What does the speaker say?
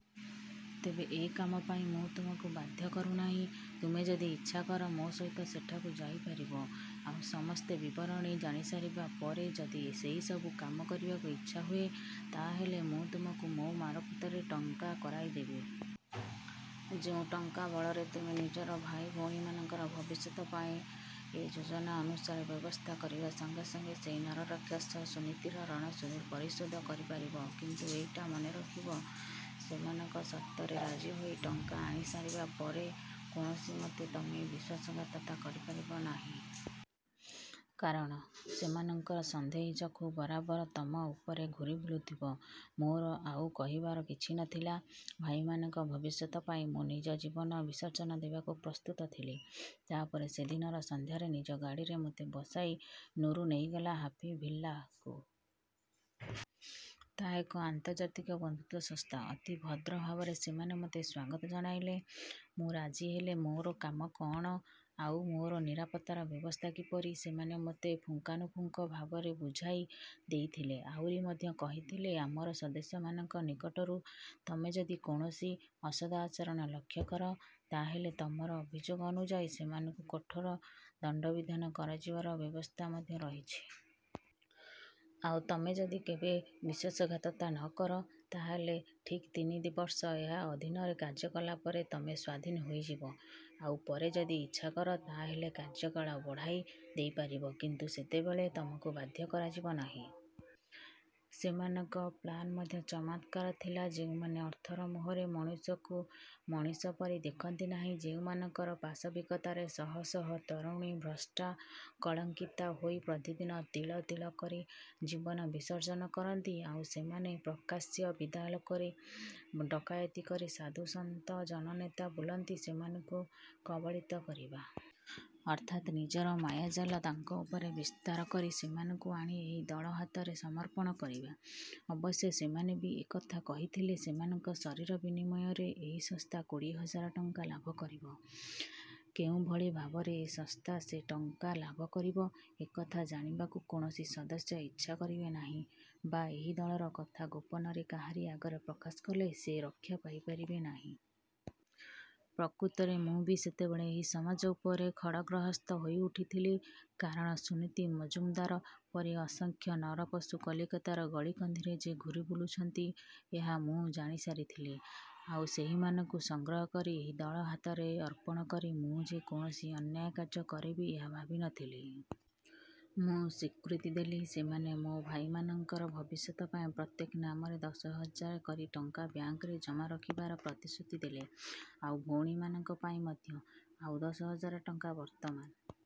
ତେବେ ଏହି କାମ ପାଇଁ ମୁଁ ତୁମକୁ ବାଧ୍ୟ କରୁନାହିଁ। ତୁମେ ଯଦି ଇଚ୍ଛା କର, ମୋ ସହିତ ସେଠାକୁ ଯାଇପାରିବ। ଆଉ ସମସ୍ତ ବିବରଣୀ ଜାଣିସାରିବା ପରେ ଯଦି ସେହିସବୁ କାମ କରିବାକୁ ଇଚ୍ଛା ହୁଏ, ତା ହେଲେ ମୁଁ ତୁମକୁ ମୋ ମାରଫତରେ ଟଙ୍କା କରାଇ ଦେବି। ଯେଉଁ ଟଙ୍କା ବଳରେ ତୁମେ ନିଜର ଭାଇ, ଭଉଣୀମାନଙ୍କର ଭବିଷ୍ୟତ ପାଇଁ ଏକ ଯୋଜନା ଅନୁସାରେ ବ୍ୟବସ୍ଥା କରିବା ସଙ୍ଗେ ସଙ୍ଗେ ସେହି ନରରାକ୍ଷସ ସୁନୀତିର ଋଣ ପରିଶୋଧ କରିପାରିବ। କିନ୍ତୁ ଏଇଟା ମନେ ରଖିବ ସେମାନଙ୍କ ସର୍ତ୍ତରେ ରାଜି ହୋଇ ଟଙ୍କା ଆଣିସାରିବା ପରେ କୌଣସିମତେ ତମେ ବିଶ୍ୱାସଘାତକତା କରିପାରିବ ନାହିଁ। କାରଣ, ସେମାନଙ୍କର ସନ୍ଦେହୀ ଚକ୍ଷୁ ବରାବର ତମ ଉପରେ ଘୂରି ବୁଲୁଥିବ। ମୋର ଆଉ କହିବାର କିଛି ନଥିଲା। ଭାଇମାନଙ୍କ ଭବିଷ୍ୟତ ପାଇଁ ମୁଁ ନିଜ ଜୀବନ ବିସର୍ଜନ ଦେବାକୁ ପ୍ରସ୍ତୁତ ଥିଲି। ତା ପରେ ସେଦିନ ସନ୍ଧ୍ୟାରେ ନିଜ ଗାଡ଼ିରେ ମୋତେ ବସାଇ ନୁରୁ ନେଇଗଲା 'ହାପି ଭିଲ୍ଲା'କୁ। ତାହା ଏକ ଆନ୍ତର୍ଜାତିକ ବନ୍ଧୁତ୍ୱ ସଂସ୍ଥା। ଅତି ଭଦ୍ର ଭାବରେ ସେମାନେ ମୋତେ ସ୍ୱାଗତ ଜଣାଇଲେ। ମୁଁ ରାଜି ହେଲେ ମୋର କାମ କଣ, ଆଉ ମୋର ନିରାପତ୍ତାର ବ୍ୟବସ୍ଥା କିପରି, ସେମାନେ ମୋତେ ପୁଙ୍ଖାନୁପୁଙ୍ଖ ଭାବରେ ବୁଝାଇ ଦେଇଥିଲେ। ଆହୁରି ମଧ୍ୟ କହିଥିଲେ, ଆମର ସଦସ୍ୟମାନଙ୍କ ନିକଟରୁ ତମେ ଯଦି କୌଣସି ଅସଦ୍ ଆଚରଣ ଲକ୍ଷ୍ୟ କର, ତା ହେଲେ ତମର ଅଭିଯୋଗ ଅନୁଯାୟୀ ସେମାନଙ୍କୁ କଠୋର ଦଣ୍ଡବିଧାନ କରାଯିବାର ବ୍ୟବସ୍ଥା ମଧ୍ୟ ରହିଛି। ଆଉ ତମେ ଯଦି କେବେ ବିଶ୍ୱାସଘାତକତା ନ କର, ତା ହେଲେ ଠିକ୍ ତିନି ବର୍ଷ ଏହା ଅଧୀନରେ କାର୍ଯ୍ୟ କଲାପରେ ତମେ ସ୍ୱାଧୀନ ହୋଇଯିବ। ଆଉ ପରେ ଯଦି ଇଚ୍ଛା କର, ତା ହେଲେ କାର୍ଯ୍ୟକାଳ ବଢ଼ାଇ ଦେଇପାରିବ କିନ୍ତୁ ସେତେବେଳେ ତମକୁ ବାଧ୍ୟ କରାଯିବ ନାହିଁ। ସେମାନଙ୍କ ପ୍ଲାନ୍ ମଧ୍ୟ ଚମତ୍କାର ଥିଲା। ଯେଉଁମାନେ ଅର୍ଥର ମୋହରେ ମଣିଷକୁ ମଣିଷ ପରି ଦେଖନ୍ତି ନାହିଁ, ଯେଉଁମାନଙ୍କର ପାଶବିକତାରେ ଶହ ଶହ ତରୁଣୀ ଭ୍ରଷ୍ଟା, କଳଙ୍କିତା ହୋଇ ପ୍ରତିଦିନ ତିଳ ତିଳ କରି ଜୀବନ ବିସର୍ଜନ କରନ୍ତି, ଆଉ ସେମାନେ ପ୍ରକାଶ୍ୟ ଦିବାଲୋକରେ ଡକାୟତି କରି ସାଧୁ, ସନ୍ଥ, ଜନନେତା ବୋଲାନ୍ତି, ସେହିମାନଙ୍କୁ କବଳିତ କରିବା। ଅର୍ଥାତ୍ ନିଜର ମାୟାଜାଲ ତାଙ୍କ ଉପରେ ବିସ୍ତାର କରି ସେମାନଙ୍କୁ ଆଣି ଏହି ଦଳ ହାତରେ ସମର୍ପଣ କରିବା। ଅବଶ୍ୟ ସେମାନେ ବି ଏ କଥା କହିଥିଲେ, ସେମାନଙ୍କ ଶରୀର ବିନିମୟରେ ଏହି ସଂସ୍ଥା କୋଡ଼ିଏ ହଜାର ଟଙ୍କା ଲାଭ କରିବ। କେଉଁଭଳି ଭାବରେ ଏ ସଂସ୍ଥା ସେ ଟଙ୍କା ଲାଭ କରିବ, ଏ କଥା ଜାଣିବାକୁ କୌଣସି ସଦସ୍ୟା ଇଚ୍ଛା କରିବେ ନାହିଁ ବା ଏହି ଦଳର କଥା ଗୋପନରେ କାହାରି ଆଗରେ ପ୍ରକାଶ କଲେ ସେ ରକ୍ଷା ପାଇପାରିବେ ନାହିଁ। ପ୍ରକୃତରେ ମୁଁ ବି ସେତେବେଳେ ଏହି ସମାଜ ଉପରେ ଖଡ୍‌ଗହସ୍ତ ହୋଇଉଠିଥିଲି। କାରଣ, ସୁନୀତି ମଜୁମଦାର ପରି ଅସଂଖ୍ୟ ନରପଶୁ କଲିକତାର ଗଳିକନ୍ଦିରେ ଯେ ଘୂରି ବୁଲୁଛନ୍ତି, ଏହା ମୁଁ ଜାଣିସାରିଥିଲି। ଆଉ ସେହିମାନଙ୍କୁ ସଂଗ୍ରହ କରି ଏହି ଦଳ ହାତରେ ଅର୍ପଣ କରି ମୁଁ ଯେ କୌଣସି ଅନ୍ୟାୟ କାର୍ଯ୍ୟ କରିବି, ଏହା ଭାବିନଥିଲି। ମୁଁ ସ୍ୱୀକୃତି ଦେଲି। ସେମାନେ ମୋ ଭାଇମାନଙ୍କର ଭବିଷ୍ୟତ ପାଇଁ ପ୍ରତ୍ୟେକଙ୍କ ନାମରେ ଦଶ ହଜାର କରି ଟଙ୍କା ବ୍ୟାଙ୍କରେ ଜମା ରଖିବାର ପ୍ରତିଶ୍ରୁତି ଦେଲେ। ଆଉ ଭଉଣୀମାନଙ୍କ ପାଇଁ ମଧ୍ୟ। ଆଉ ଦଶ ହଜାର ଟଙ୍କା ବର୍ତ୍ତମାନ